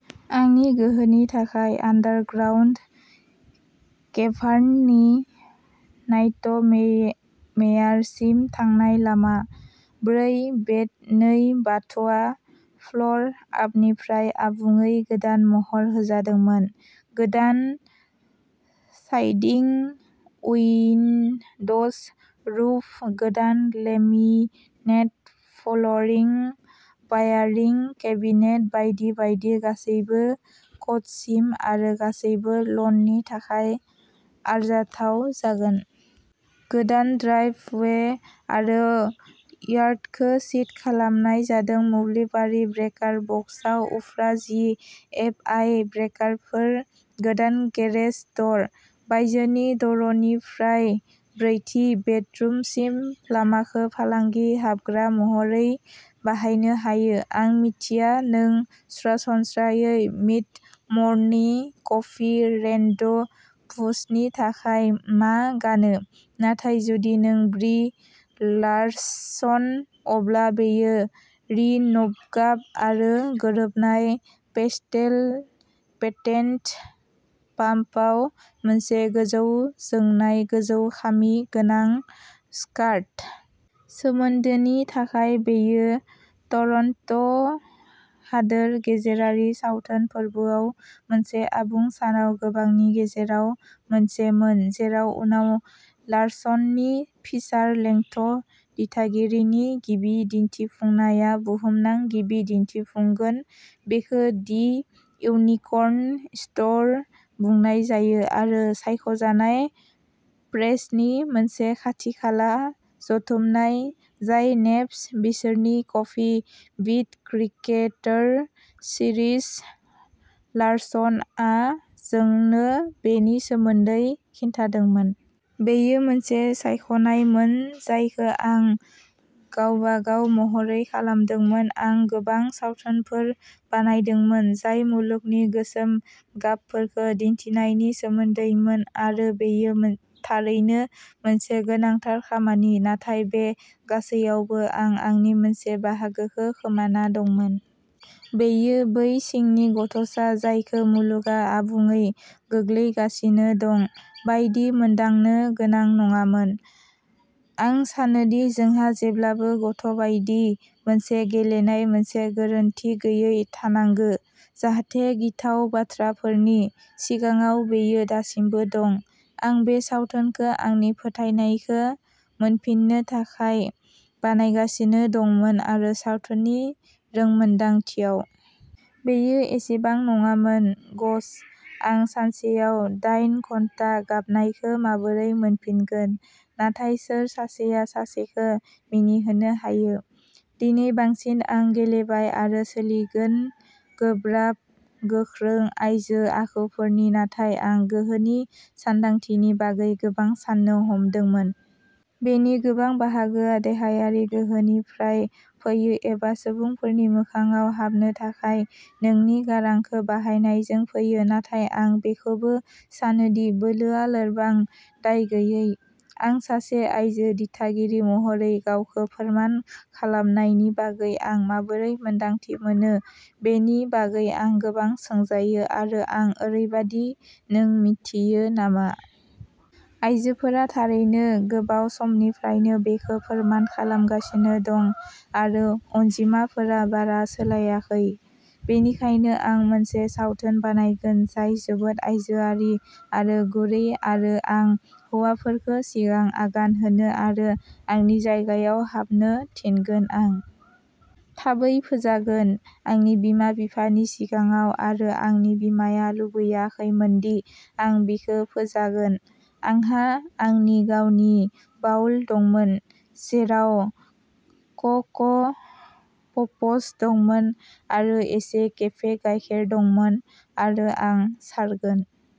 आंनि गोहोनि थाखाय। आन्डारग्राउन्ड केभार्ननि नाइटमेयारसिम थांनाय लामा। ब्रै बेड नै बाथआ फ्लर आपनिफ्राय आबुङै गोदान महर होजादोंमोन। गोदान साइदिं, उइन्ड'ज, रुफ, गोदान लेमिनेट फ्लरिं, वायारिं, केबिनेट बायदि बायदि। गासैबो क'डसिम आरो गासैबो ल'ननि थाखाय आरजाथाव जागोन। गोदान ड्राइभ वे आरो यार्डखौ सीद खालामनाय जादों। मोब्लिबारि ब्रेकार बक्सआव उफ्रा जि एप आइ ब्रेकारफोर। गोदान गेरेज द'र। बायजोनि द'रनिफ्राय ब्रैथि बेडरुमसिम लामाखौ फालांगि हाबग्रा महरै बाहायनो हायो। आं मिथिया नों सरासनस्रायै मिड-मर्निं कफि रेन्डेभुसनि थाखाय मा गानो, नाथाय जुदि नों ब्रि लार्सन, अब्ला बेयो रेइनब'गाब आरो गोरोबनाय पेस्टेल पेटेन्ट पाम्पआव मोनसे गोजौ-जोंनाय, गोजौ-खामि गोनां स्कार्ट। सोमोन्दोनि थाखाय, बेयो टरन्ट'हादोर गेजेरारि सावथुन फोरबोआव मोनसे आबुं सानाव गोबांनि गेजेराव मोनसेमोन, जेराव उनाव लार्सननि फिसार लेंथ दिथागिरिनि गिबि दिन्थिफुंनाया बुहुमनां गिबि दिन्थिफुंगोन। बेखौ दि इउनिकर्न स्ट'र बुंनाय जायो आरो सायख'जानाय प्रेसनि मोनसे खाथि-खाला जथुमनाय, जाय नेस्प बिसोरनि कफि विद क्रिएटर सिरिज, लारसन आ जोंनो बेनि सोमोन्दै खिन्थादोंमोन। "बेयो मोनसे सायख'नायमोन जायखौ आं गावबागाव महरै खालामदोंमोन। आं गोबां सावथुनफोर बानायदोंमोन जाय मुलुगनि गोसोम गाबफोरखौ दिन्थिनायनि सोमोन्दैमोन आरो बेयो थारैनो मोनसे गोनांथार खामानि, नाथाय बे गासैयावबो आं आंनि मोनसे बाहागोखौ खोमाना दंमोन। बेयो बै सिंनि गथ'सा जायखौ मुलुगआ आबुङै गोग्लैगासिनो दं बायदि मोनदांनो गोनां नङामोन। आं सानोदि जोंहा जेब्लाबो गथ'बायदि मोनसे गेलेनाय, मोनसे गोरोनथि गैयै थानांगौ, जाहाथे गिथाव बाथ्राफोरनि सिगाङाव, बेयो दासिमबो दं। आं बे सावथुनखौ आंनि फोथायनायखौ मोनफिननो थाखाय बानायगासिनो दंमोन आरो सावथुननि रोंमोनदांथियाव। बेयो एसेबां नङामोन गश, आं सानसेयाव दाइन घन्टा गाबनायखौ माबोरै मोनफिनगोन? नाथाय सोर सासेया सासेखौ मिनिहोनो हायो? दिनै बांसिन आं गेलेबाय आरो सोलिगोन, गोब्राब, गोख्रों आइजो आखुफोर नाथाय आं गोहोनि सानदांथिनि बागै गोबां साननो हमदोंमोन। बेनि गोबां बाहागोआ देहायारि गोहोनिफ्राय फैयो एबा सुबुंफोरनि मोखांआव हाबनो थाखाय नोंनि गारांखौ बाहायनायजों फैयो, नाथाय आं बेखौबो सानो दि बोलोआ लोरबां, दायगैयै। आं सासे आइजो दिथागिरि महरै गावखौ फोरमान खालामनायनि बागै आं माबोरै मोन्दांथि मोनो बेनि बागै आं गोबां सोंजायो, आरो आं ओरैबादि, नों मिन्थियो नामा? आइजोफोरा थारैनो गोबाव समनिफ्रायनो बेखौ फोरमान खालामगासिनो दं आरो अनजिमाफोरा बारा सोलायाखै। बेनिखायनो आं मोनसे सावथुन बानायगोन जाय जोबोद आइजोआरि आरो गुरै आरो आं हौवाफोरखौ सिगां आगान होनो आरो आंनि जायगायाव हाबनो थिनगोन। आं थाबै फोजागोन, आंनि बिमा-बिफानि सिगाङाव आरो आंनि बिमाया लुबैयाखैमोनदि आं बिखौ फोजागोन। आंहा आंनि गावनि बाउल दंमोन जेराव क'क' पप्स दंमोन, आरो एसे केफे गायखेर दंमोन आरो आं सारगोन।